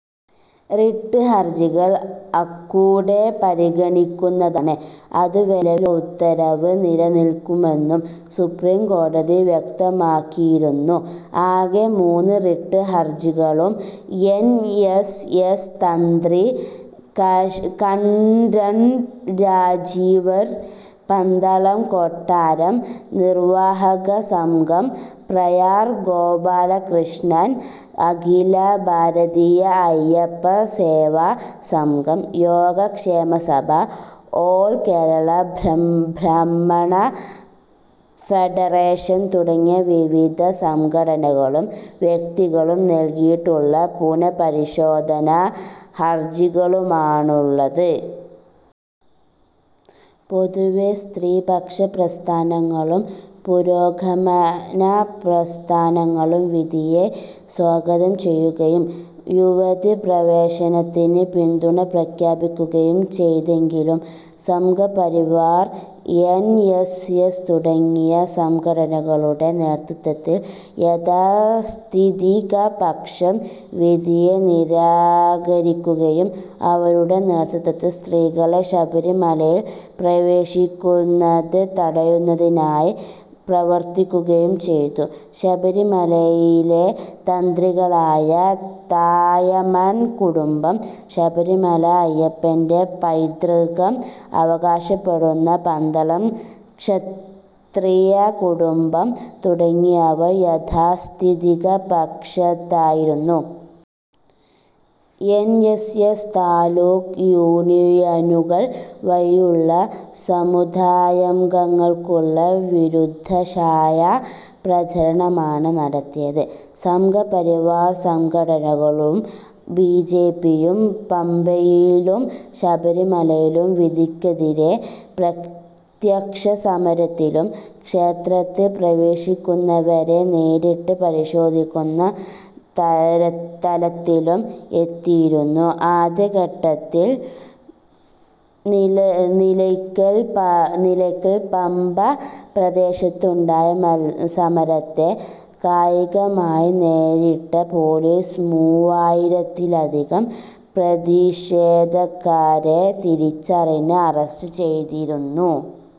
Writ ഹർജികൾ അക്കൂടെ പരിഗണിക്കുന്നതാണ്. അതുവരെ നിലവിലുള്ള ഉത്തരവ് നിലനിൽക്കുമെന്നും സുപ്രീം കോടതി വ്യക്തമാക്കിയിരുന്നു. ആകെ മൂന്ന് റിട്ട് ഹർജികളും എൻ. എസ്. എസ്, തന്ത്രി കണ്ഠരര് രാജീവര്, പന്തളം കൊട്ടാരം നിർവാഹക സംഘം, പ്രയാർ ഗോപാലകൃഷ്ണൻ, അഖില ഭാരതീയ അയ്യപ്പ സേവാ സംഘം, യോഗക്ഷേമ സഭ, ഓൾ കേരള ബ്രാഹ്മണ ഫെഡറേഷൻ തുടങ്ങി വിവിധ സംഘടനകളും വ്യക്തികളും നൽകിയിട്ടുള്ള പുനഃപരിശോധനാ ഹർജികളുമാണുള്ളത്. പൊതുവേ സ്ത്രീപക്ഷ പ്രസ്ഥാനങ്ങളും പുരോഗമനപ്രസ്ഥാനങ്ങളും വിധിയെ സ്വാഗതം ചെയ്യുകയും യുവതീപ്രവേശനത്തിന് പിന്തുണപ്രഖ്യാപിക്കുകയും ചെയ്തെങ്കിലും; സംഘപരിവാർ, എൻ. എസ്. എസ്. തുടങ്ങിയ സംഘടനകളുടെ നേതൃത്വത്തിൽ യാഥാസ്ഥിതികപക്ഷം വിധിയെ നിരാകരിക്കുകയും അവരുടെ നേതൃത്വത്തിൽ സ്ത്രീകളെ ശബരിമലയിൽ പ്രവേശിക്കുന്നത് തടയുന്നതിനായി പ്രവർത്തിക്കുകയും ചെയ്തു. ശബരിമലയിലെ തന്ത്രികളായ താഴമൺ കുടുംബം, ശബരിമല അയ്യപ്പന്റെ പൈതൃകം അവകാശപ്പെടുന്ന പന്തളം ക്ഷത്രിയ കുടുംബം തുടങ്ങിയവർ യഥാസ്ഥിതിക പക്ഷത്തായിരുന്നു. എൻ. എസ്. എസ്., താലൂക്ക് യൂണിയനുകൾ വഴിയുള്ള സമുദായാംഗങ്ങൾക്കുള്ള വിരുദ്ധശായ പ്രചരണമാണ് നടത്തിയത്. സംഘപരിവാർ സംഘടനകളും ബി. ജെ. പി. യും പമ്പയിലും ശബരിമലയിലും വിധിക്കെതിരെ പ്രത്യക്ഷസമരത്തിലും, ക്ഷേത്രത്തിൽ പ്രവേശിക്കുന്നവരെ നേരിട്ട് പരിശോധിക്കുന്ന തലത്തിലും എത്തിയിരുന്നു. ആദ്യഘട്ടത്തിൽ നിലയ്ക്കൽ-പമ്പ പ്രദേശത്തുണ്ടായ സമരത്തെ കായികമായി നേരിട്ട പോലീസ് മൂവായിരത്തിലധികം പ്രതിഷേധക്കാരെ തിരിച്ചറിഞ്ഞ് അറസ്റ്റ് ചെയ്തിരുന്നു.